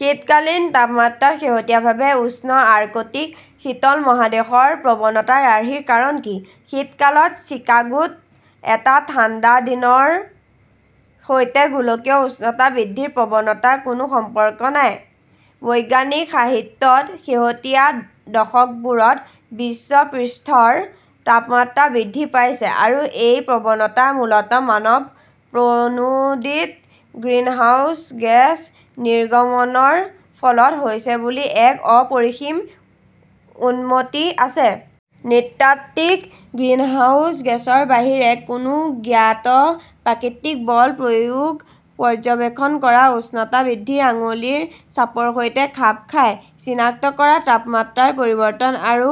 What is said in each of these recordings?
"শীতকালীন তাপমাত্ৰাত শেহতীয়াভাৱে" "উষ্ণ আৰ্কটিক, শীতল মহাদেশ" "ৰ প্ৰৱণতাৰ আৰ্হিৰ কাৰণ কি? " শীতকালত চিকাগোত এটা ঠাণ্ডা দিনৰ সৈতে গোলকীয় উষ্ণতা বৃদ্ধিৰ প্ৰৱণতাৰ কোনো সম্পৰ্ক নাই। বৈজ্ঞানিক সাহিত্যত, শেহতীয়া দশকবোৰত বিশ্ব পৃষ্ঠৰ তাপমাত্ৰা বৃদ্ধি পাইছে আৰু এই প্ৰৱণতা মূলতঃ মানৱ-প্ৰণোদিত গ্ৰীণহাউচ গেছ নিৰ্গমনৰ ফলত হৈছে বুলি এক অপৰিসীম সন্মতি আছে। নৃতাত্ত্বিক গ্ৰিনহাউস গেছৰ বাহিৰে কোনো জ্ঞাত প্ৰাকৃতিক বল প্ৰয়োগ পৰ্যবেক্ষণ কৰা উষ্ণতা বৃদ্ধিৰ আঙুলিৰ ছাপৰ সৈতে খাপ খায়। চিনাক্ত কৰা তাপমাত্ৰাৰ পৰিৱৰ্তন আৰু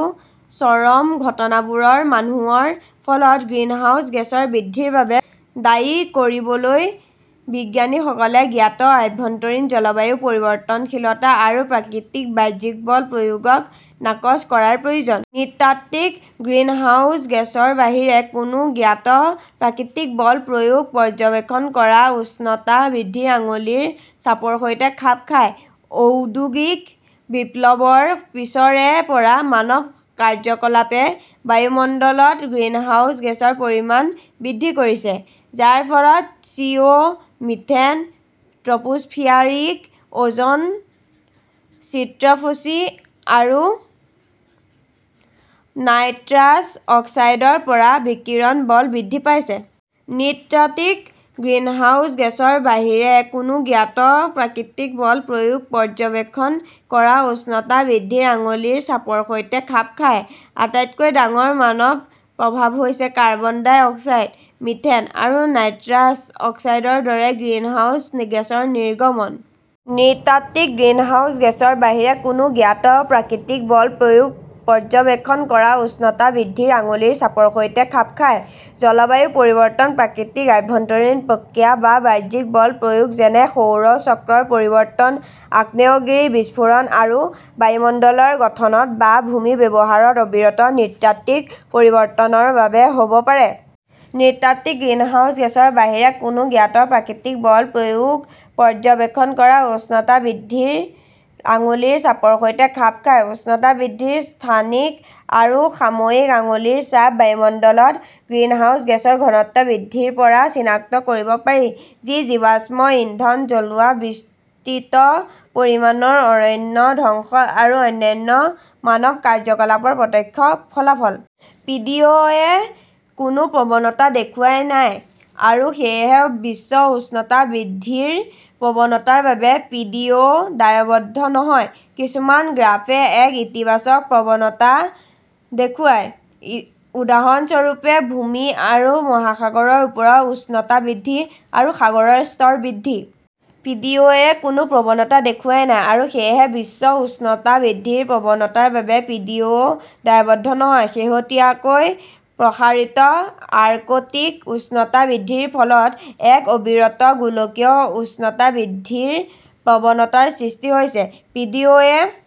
চৰম ঘটনাবোৰক মানুহৰ ফলত গ্ৰীণহাউচ গেছৰ বৃদ্ধিৰ বাবে দায়ী কৰিবলৈ বিজ্ঞানীসকলে জ্ঞাত আভ্যন্তৰীণ জলবায়ু পৰিৱৰ্তনশীলতা আৰু প্ৰাকৃতিক বাহ্যিক বল প্ৰয়োগক নাকচ কৰাৰ প্ৰয়োজন। নৃতাত্ত্বিক গ্ৰিনহাউস গেছৰ বাহিৰে কোনো জ্ঞাত প্ৰাকৃতিক বল প্ৰয়োগ পৰ্যবেক্ষণ কৰা উষ্ণতা বৃদ্ধিৰ আঙুলিৰ ছাপৰ সৈতে খাপ খায়। ঔদ্যোগিক বিপ্লৱৰ পিছৰে পৰা মানৱ কাৰ্যকলাপে বায়ুমণ্ডলত গ্ৰীণহাউচ গেছৰ পৰিমাণ বৃদ্ধি কৰিছে, যাৰ ফলত সিঅ ", methane, tropospheric ozone, CFC আৰু নাইট্ৰাছ অক্সাইডৰ পৰা বিকিৰণ বল বৃদ্ধি পাইছে। নৃতাত্ত্বিক গ্ৰিনহাউস গেছৰ বাহিৰে কোনো জ্ঞাত প্ৰাকৃতিক বল প্ৰয়োগ পৰ্যবেক্ষণ কৰা উষ্ণতা বৃদ্ধিৰ আঙুলিৰ ছাপৰ সৈতে খাপ খায়। আটাইতকৈ ডাঙৰ মানৱ প্ৰভাৱ হৈছে কাৰ্বন ডাই অক্সাইড, মিথেন আৰু নাইট্ৰাছ অক্সাইডৰ দৰে গ্ৰিনহাউস গেছৰ নিৰ্গমন। নৃতাত্ত্বিক গ্ৰিনহাউস গেছৰ বাহিৰে কোনো জ্ঞাত প্ৰাকৃতিক বল প্ৰয়োগ পৰ্যবেক্ষণ কৰা উষ্ণতা বৃদ্ধিৰ আঙুলিৰ ছাপৰ সৈতে খাপ খায়। জলবায়ু পৰিৱৰ্তন প্ৰাকৃতিক আভ্যন্তৰীণ প্ৰক্ৰিয়া বা বাহ্যিক বল প্ৰয়োগ যেনে সৌৰ চক্ৰৰ পৰিৱৰ্তন, আগ্নেয়গিৰি বিস্ফোৰণ আৰু বায়ুমণ্ডলৰ গঠনত বা ভূমি ব্যৱহাৰত অবিৰত নৃতাত্ত্বিক পৰিৱৰ্তনৰ বাবে হ 'ব পাৰে। নৃতাত্ত্বিক গ্ৰিনহাউস গেছৰ বাহিৰে কোনো জ্ঞাত প্ৰাকৃতিক বল প্ৰয়োগ পৰ্যবেক্ষণ কৰা উষ্ণতা বৃদ্ধিৰ আঙুলিৰ ছাপৰ সৈতে খাপ খায়। উষ্ণতা বৃদ্ধিৰ স্থানিক আৰু সাময়িক আঙুলিৰ ছাপ বায়ুমণ্ডলত গ্ৰীণহাউচ গেছৰ ঘনত্ব বৃদ্ধিৰ পৰা চিনাক্ত কৰিব পাৰি, যি জীৱাশ্ম ইন্ধন জ্বলোৱা, বিস্তৃত পৰিমাণৰ অৰণ্য ধ্বংস আৰু অন্যান্য মানৱ কাৰ্যকলাপৰ প্ৰত্যক্ষ ফলাফল। পি. ডি. অ '. -এ কোনো প্ৰৱণতা দেখুৱাই নাই, আৰু সেয়েহে বিশ্ব উষ্ণতা বৃদ্ধিৰ প্ৰৱণতাৰ বাবে পি. ডি. অ'. দায়বদ্ধ নহয়। কিছুমান গ্ৰাফে এক ইতিবাচক প্ৰৱণতা দেখুৱায়, উদাহৰণস্বৰূপে, ভূমি আৰু মহাসাগৰৰ ওপৰত উষ্ণতা বৃদ্ধি, আৰু সাগৰৰ স্তৰ বৃদ্ধি। পি. ডি. অ '. -এ কোনো প্ৰৱণতা দেখুৱাই নাই, আৰু সেয়েহে বিশ্ব উষ্ণতা বৃদ্ধিৰ প্ৰৱণতাৰ বাবে পি. ডি. অ'. দায়বদ্ধ নহয়। "শেহতীয়াকৈ প্ৰসাৰিত আৰ্কটিক উষ্ণতা বৃদ্ধিৰ ফলত এক অবিৰত গোলকীয় উষ্ণতা বৃদ্ধিৰ প্ৰৱণতাৰ সৃষ্টি হৈছে। " পি. ডি. অ '. -এ